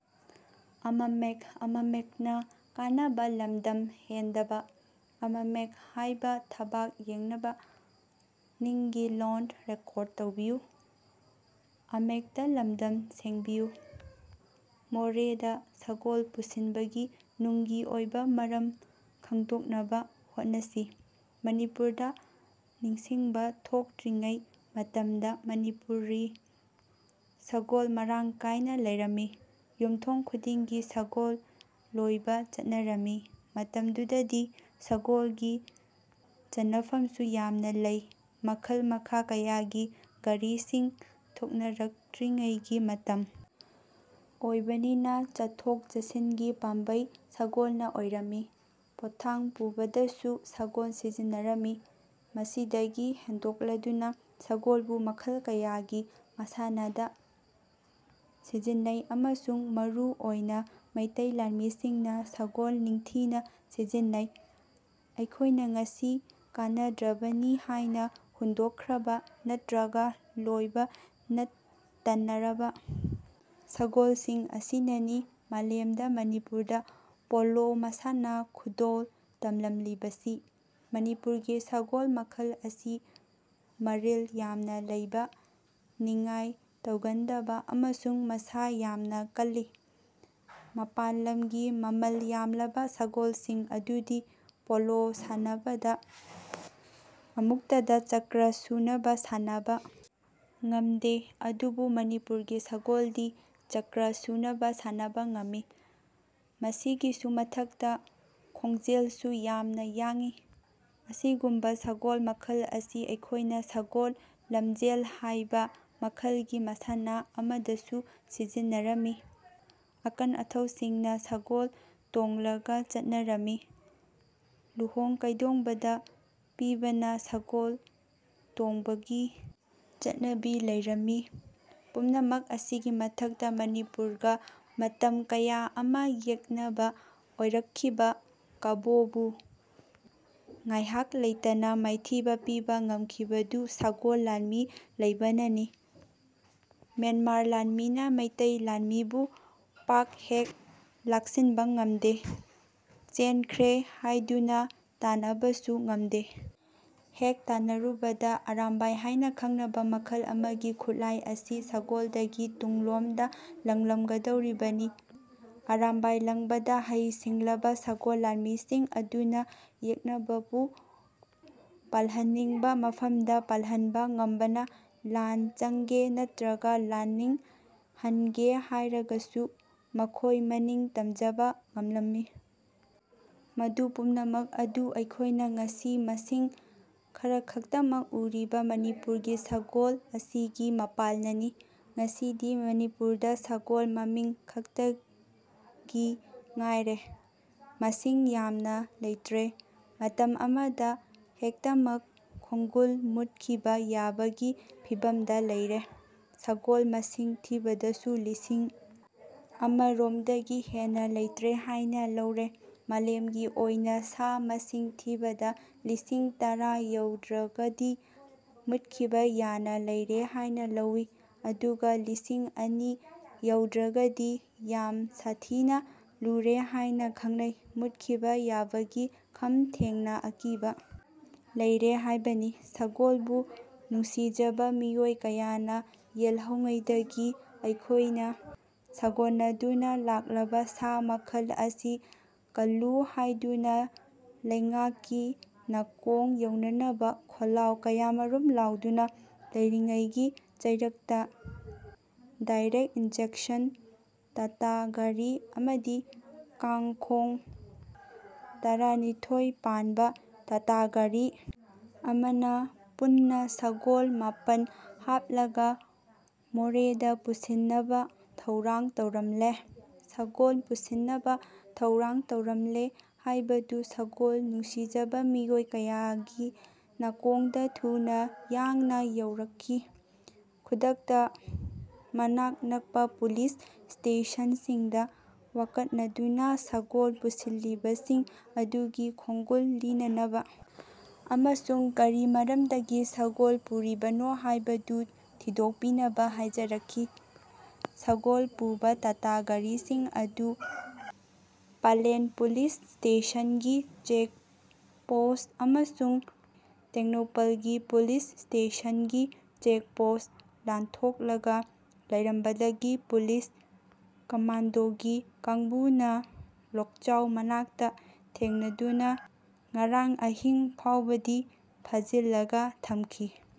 ꯃꯣꯔꯦꯗ ꯁꯒꯣꯜ ꯄꯨꯁꯤꯟꯕꯒꯤ ꯅꯨꯡꯒꯤ ꯑꯣꯏꯕ ꯃꯔꯝ ꯈꯪꯗꯣꯛꯅꯕ ꯍꯣꯠꯅꯁꯤ꯫ ꯃꯅꯤꯄꯨꯔꯗ ꯅꯤꯡꯁꯤꯡꯕ ꯊꯣꯛꯇ꯭ꯔꯤꯉꯩ ꯃꯇꯝꯗ ꯃꯅꯤꯄꯨꯔꯤ ꯁꯒꯣꯜ ꯃꯔꯥꯡ ꯀꯥꯏꯅ ꯂꯩꯔꯝꯃꯤ꯫ ꯌꯨꯝꯊꯣꯡ ꯈꯨꯗꯤꯡꯒꯤ ꯁꯒꯣꯜ ꯂꯣꯏꯕ ꯆꯠꯅꯔꯝꯃꯤ꯫ ꯃꯇꯝꯗꯨꯗꯗꯤ ꯁꯒꯣꯜꯒꯤ ꯆꯟꯅꯐꯝꯁꯨ ꯌꯥꯝꯅ ꯂꯩ꯫ ꯃꯈꯜ ꯃꯈꯥ ꯀꯌꯥꯒꯤ ꯒꯥꯔꯤꯁꯤꯡ ꯊꯣꯛꯅꯔꯛꯇ꯭ꯔꯤꯉꯩꯒꯤ ꯃꯇꯝ ꯑꯣꯏꯕꯅꯤꯅ ꯆꯠꯊꯣꯛ ꯆꯠꯁꯤꯟꯒꯤ ꯄꯥꯝꯕꯩ ꯁꯒꯣꯜꯅ ꯑꯣꯏꯔꯝꯃꯤ꯫ ꯄꯣꯠꯊꯥꯡ ꯄꯨꯕꯗꯁꯨ ꯁꯒꯣꯜ ꯁꯤꯖꯤꯟꯅꯔꯝꯃꯤ꯫ ꯃꯁꯤꯗꯒꯤ ꯍꯦꯟꯗꯣꯛꯂꯗꯨꯅ ꯁꯒꯣꯜꯕꯨ ꯃꯈꯜ ꯀꯌꯥꯒꯤ ꯃꯁꯥꯟꯅꯗ ꯁꯤꯖꯤꯟꯅꯩ ꯑꯃꯁꯨꯡ ꯃꯔꯨ ꯑꯣꯏꯅ ꯃꯩꯇꯩ ꯂꯥꯟꯃꯤꯁꯤꯡꯅ ꯁꯒꯣꯜ ꯅꯤꯡꯊꯤꯅ ꯁꯤꯖꯤꯟꯅꯩ꯫ ꯑꯩꯈꯣꯏꯅ ꯉꯁꯤ ꯀꯥꯟꯅꯗ꯭ꯔꯕꯅꯤ ꯍꯥꯏꯅ ꯍꯨꯟꯗꯣꯛꯈ꯭ꯔꯕ ꯅꯠꯇ꯭ꯔꯒ ꯂꯣꯏꯕ ꯅꯠ ꯇꯟꯅꯔꯕ ꯁꯒꯣꯜꯁꯤꯡ ꯑꯁꯤꯅꯅꯤ ꯃꯥꯂꯦꯝꯗ ꯃꯅꯤꯄꯨꯔꯗ ꯄꯣꯂꯣ ꯃꯁꯥꯟꯅ ꯈꯨꯗꯣꯜ ꯇꯝꯂꯝꯂꯤꯕꯁꯤ꯫ ꯃꯅꯤꯄꯨꯔꯒꯤ ꯁꯒꯣꯜ ꯃꯈꯜ ꯑꯁꯤ ꯃꯔꯤꯜ ꯌꯥꯝꯅ ꯂꯩꯕ, ꯅꯤꯡꯉꯥꯏ ꯇꯧꯒꯟꯗꯕ ꯑꯃꯁꯨꯡ ꯃꯁꯥ ꯌꯥꯝꯅ ꯀꯜꯂꯤ꯫ ꯃꯄꯥꯟ ꯂꯝꯒꯤ ꯃꯃꯜ ꯌꯥꯝꯂꯕ ꯁꯒꯣꯜꯁꯤꯡ ꯑꯗꯨꯗꯤ ꯄꯣꯂꯣ ꯁꯥꯟꯅꯕꯗ ꯑꯃꯨꯛꯇꯗ ꯆꯀ꯭ꯔꯥ ꯁꯨꯅꯕ ꯁꯥꯟꯅꯕ ꯉꯝꯗꯦ꯫ ꯑꯗꯨꯕꯨ ꯃꯅꯤꯄꯨꯔꯒꯤ ꯁꯒꯣꯜꯗꯤ ꯆꯀ꯭ꯔꯥ ꯁꯨꯅꯕ ꯁꯥꯟꯅꯕ ꯉꯝꯃꯤ꯫ ꯃꯁꯤꯒꯤꯁꯨ ꯃꯊꯛꯇ ꯈꯣꯡꯖꯦꯜꯁꯨ ꯌꯥꯝꯅ ꯌꯥꯡꯏ꯫ ꯑꯁꯤꯒꯨꯝꯕ ꯁꯒꯣꯜ ꯃꯈꯜ ꯑꯁꯤ ꯑꯩꯈꯣꯏꯅ ꯁꯒꯣꯜ ꯂꯝꯖꯦꯜ ꯍꯥꯏꯕ ꯃꯈꯜꯒꯤ ꯃꯁꯥꯟꯅ ꯑꯃꯗꯁꯨ ꯁꯤꯖꯤꯟꯅꯔꯝꯃꯤ꯫ ꯑꯀꯟ-ꯑꯊꯧꯁꯤꯡꯅ ꯁꯒꯣꯜ ꯇꯣꯡꯂꯒ ꯆꯠꯅꯔꯝꯃꯤ꯫ ꯂꯨꯍꯣꯡ-ꯀꯩꯗꯣꯡꯕꯗ ꯄꯤꯕꯥꯅ ꯁꯒꯣꯜ ꯇꯣꯡꯕꯒꯤ ꯆꯠꯅꯕꯤ ꯂꯩꯔꯝꯃꯤ꯫ ꯄꯨꯝꯅꯃꯛ ꯑꯁꯤꯒꯤ ꯃꯊꯛꯇ ꯃꯅꯤꯄꯨꯔꯒ ꯃꯇꯝ ꯀꯌꯥ ꯑꯃ ꯌꯦꯛꯅꯕ ꯑꯣꯏꯔꯛꯈꯤꯕ ꯀꯕꯣ ꯕꯨ ꯉꯥꯏꯍꯥꯛ ꯂꯩꯇꯅ ꯃꯥꯏꯊꯤꯕ ꯄꯤꯕ ꯉꯝꯈꯤꯕꯗꯨ ꯁꯒꯣꯜ ꯂꯥꯟꯃꯤ ꯂꯩꯕꯅꯅꯤ꯫ ꯃ꯭ꯌꯥꯟꯃꯥꯔ ꯂꯥꯟꯃꯤꯅ ꯃꯩꯇꯩ ꯂꯥꯟꯃꯤꯕꯨ ꯄꯥꯛ ꯍꯦꯛ ꯂꯥꯛꯁꯤꯟꯕ ꯉꯝꯗꯦ, ꯆꯦꯟꯈ꯭ꯔꯦ ꯍꯥꯏꯗꯨꯅ ꯇꯥꯟꯅꯕꯁꯨ ꯉꯝꯗꯦ꯫ ꯍꯦꯛ ꯇꯥꯟꯅꯔꯨꯕꯗ ꯑꯔꯥꯝꯕꯥꯏ ꯍꯥꯏꯅ ꯈꯪꯅꯕ ꯃꯈꯜ ꯑꯃꯒꯤ ꯈꯨꯠꯂꯥꯏ ꯑꯁꯤ ꯁꯒꯣꯜꯗꯒꯤ ꯇꯨꯡꯂꯣꯝꯗ ꯂꯪꯂꯝꯒꯗꯧꯔꯤꯕꯅꯤ꯫ ꯑꯔꯥꯝꯕꯥꯏ ꯂꯪꯕꯗ ꯍꯩ-ꯁꯤꯡꯂꯕ ꯁꯒꯣꯜ ꯂꯥꯟꯃꯤꯁꯤꯡ ꯑꯗꯨꯅ ꯌꯦꯛꯅꯕꯕꯨ ꯄꯥꯜꯍꯟꯅꯤꯡꯕ ꯃꯐꯝꯗ ꯄꯥꯜꯍꯟꯕ ꯉꯝꯕꯅ ꯂꯥꯟ ꯆꯪꯒꯦ ꯅꯠꯇ꯭ꯔꯒ ꯂꯥꯟꯅꯤꯡ ꯍꯟꯒꯦ ꯍꯥꯏꯔꯒꯁꯨ ꯃꯈꯣꯏ ꯃꯅꯤꯡ ꯇꯝꯖꯕ ꯉꯝꯂꯝꯃꯤ꯫ ꯃꯗꯨ ꯄꯨꯝꯅꯃꯛ ꯑꯗꯨ ꯑꯩꯈꯣꯏꯅ ꯉꯁꯤ ꯃꯁꯤꯡ ꯈꯔꯈꯛꯇꯃꯛ ꯎꯔꯤꯕ ꯃꯅꯤꯄꯨꯔꯒꯤ ꯁꯒꯣꯜ ꯑꯁꯤꯒꯤ ꯃꯄꯥꯜꯅꯅꯤ꯫ ꯉꯁꯤꯗꯤ ꯃꯅꯤꯄꯨꯔꯗ ꯁꯒꯣꯜ ꯃꯃꯤꯡ ꯈꯛꯇꯒꯤ ꯉꯥꯏꯔꯦ꯫ ꯃꯁꯤꯡ ꯌꯥꯝꯅ ꯂꯩꯇ꯭ꯔꯦ꯫ ꯃꯇꯝ ꯑꯃꯗ ꯍꯦꯛꯇꯃꯛ ꯈꯣꯡꯒꯨꯜ ꯃꯨꯠꯈꯤꯕ ꯌꯥꯕꯒꯤ ꯐꯤꯚꯝꯗ ꯂꯩꯔꯦ꯫ ꯁꯒꯣꯜ ꯃꯁꯤꯡ ꯊꯤꯕꯗꯁꯨ ꯂꯤꯁꯤꯡ ꯑꯃ ꯔꯣꯝꯗꯒꯤ ꯍꯦꯟꯅ ꯂꯩꯇ꯭ꯔꯦ ꯍꯥꯏꯅ ꯂꯧꯔꯦ꯫ ꯃꯥꯂꯦꯝꯒꯤ ꯑꯣꯏꯅ ꯁꯥ ꯃꯁꯤꯡ ꯊꯤꯕꯗ ꯂꯤꯁꯤꯡ ꯇꯔꯥ ꯌꯧꯗ꯭ꯔꯒꯗꯤ ꯃꯨꯠꯈꯤꯕ ꯌꯥꯅ ꯂꯩꯔꯦ ꯍꯥꯏꯅ ꯂꯧꯏ꯫ ꯑꯗꯨꯒ ꯂꯤꯁꯤꯡ ꯑꯅꯤ ꯌꯧꯗ꯭ꯔꯒꯗꯤ ꯌꯥꯝ ꯁꯥꯊꯤꯅ ꯂꯨꯔꯦ ꯍꯥꯏꯅ ꯈꯪꯅꯩ꯫ ꯃꯨꯠꯈꯤꯕ ꯌꯥꯕꯒꯤ ꯈꯝ ꯊꯦꯡꯅ ꯑꯀꯤꯕ ꯂꯩꯔꯦ ꯍꯥꯏꯕꯅꯤ꯫ ꯁꯒꯣꯜꯕꯨ ꯅꯨꯡꯁꯤꯖꯕ ꯃꯤꯑꯣꯏ ꯀꯌꯥꯅ ꯌꯦꯜꯍꯧꯉꯩꯗꯒꯤ ꯑꯩꯈꯣꯏꯅ ꯁꯥꯒꯣꯟꯅꯗꯨꯅ ꯂꯥꯛꯂꯕ ꯁꯥ ꯃꯈꯜ ꯑꯁꯤ ꯀꯜꯂꯨ ꯍꯥꯏꯗꯨꯅ ꯂꯩꯉꯥꯛꯀꯤ ꯅꯥꯀꯣꯡ ꯌꯧꯅꯅꯕ ꯈꯣꯜꯂꯥꯎ ꯀꯌꯥꯃꯔꯨꯝ ꯂꯥꯎꯗꯨꯅ ꯂꯩꯔꯤꯉꯩꯒꯤ ꯆꯩꯔꯛꯇ ꯗꯥꯏꯔꯦꯛ ꯏꯟꯖꯦꯛꯁꯟ ꯇꯇꯥ ꯒꯥꯔꯤ ꯑꯃꯗꯤ ꯀꯥꯡ-ꯈꯣꯡ ꯇꯔꯥꯅꯤꯊꯣꯏ ꯄꯥꯟꯕ ꯇꯇꯥ ꯒꯥꯔꯤ ꯑꯃꯅ ꯄꯨꯟꯅ ꯁꯒꯣꯜ ꯃꯥꯄꯟ ꯍꯥꯞꯂꯒ ꯃꯣꯔꯦꯗ ꯄꯨꯁꯤꯟꯅꯕ ꯊꯧꯔꯥꯡ ꯇꯧꯔꯝꯂꯦ꯫ ꯁꯒꯣꯜ ꯄꯨꯁꯤꯟꯅꯕ ꯊꯧꯔꯥꯡ ꯇꯧꯔꯝꯂꯦ ꯍꯥꯏꯕꯗꯨ ꯁꯒꯣꯜ ꯅꯨꯡꯁꯤꯖꯕ ꯃꯤꯑꯣꯏ ꯀꯌꯥꯒꯤ ꯅꯥꯀꯣꯡꯗ ꯊꯨꯅ ꯌꯥꯡꯅ ꯌꯧꯔꯛꯈꯤ꯫ ꯈꯨꯗꯛꯇ ꯃꯅꯥꯛ ꯅꯛꯄ ꯄꯨꯂꯤꯁ ꯁ꯭ꯇꯦꯁꯟꯁꯤꯡꯗ ꯋꯥꯀꯠꯅꯗꯨꯅ ꯁꯒꯣꯜ ꯄꯨꯁꯤꯜꯂꯤꯕꯁꯤꯡ ꯑꯗꯨꯒꯤ ꯈꯣꯡꯒꯨꯜ ꯂꯤꯅꯅꯕ ꯑꯃꯁꯨꯡ ꯀꯔꯤ ꯃꯔꯝꯗꯒꯤ ꯁꯒꯣꯜ ꯄꯨꯔꯤꯕꯅꯣ ꯍꯥꯏꯕꯗꯨ ꯊꯤꯗꯣꯛꯄꯤꯅꯕ ꯍꯥꯏꯖꯔꯛꯈꯤ꯫ ꯁꯒꯣꯜ ꯄꯨꯕ ꯇꯇꯥ ꯒꯥꯔꯤꯁꯤꯡ ꯑꯗꯨ ꯄꯂꯦꯜ ꯄꯨꯂꯤꯁ ꯁ꯭ꯇꯦꯁꯟꯒꯤ ꯆꯦꯛ ꯄꯣꯁꯠ ꯑꯃꯁꯨꯡ ꯇꯦꯡꯅꯧꯄꯜꯒꯤ ꯄꯨꯂꯤꯁ ꯁ꯭ꯇꯦꯁꯟꯒꯤ ꯆꯦꯛ ꯄꯣꯁꯠ ꯂꯥꯟꯊꯣꯛꯂꯒ ꯂꯩꯔꯝꯕꯗꯒꯤ ꯄꯨꯂꯤꯁ ꯀꯝꯃꯥꯟꯗꯣꯒꯤ ꯀꯥꯡꯕꯨꯅ ꯂꯣꯛꯆꯥꯎ ꯃꯅꯥꯛꯇ ꯊꯦꯡꯅꯗꯨꯅ ꯉꯔꯥꯡ ꯑꯍꯤꯡ ꯐꯥꯎꯕꯗꯤ ꯐꯥꯖꯤꯜꯂꯒ ꯊꯝꯈꯤ꯫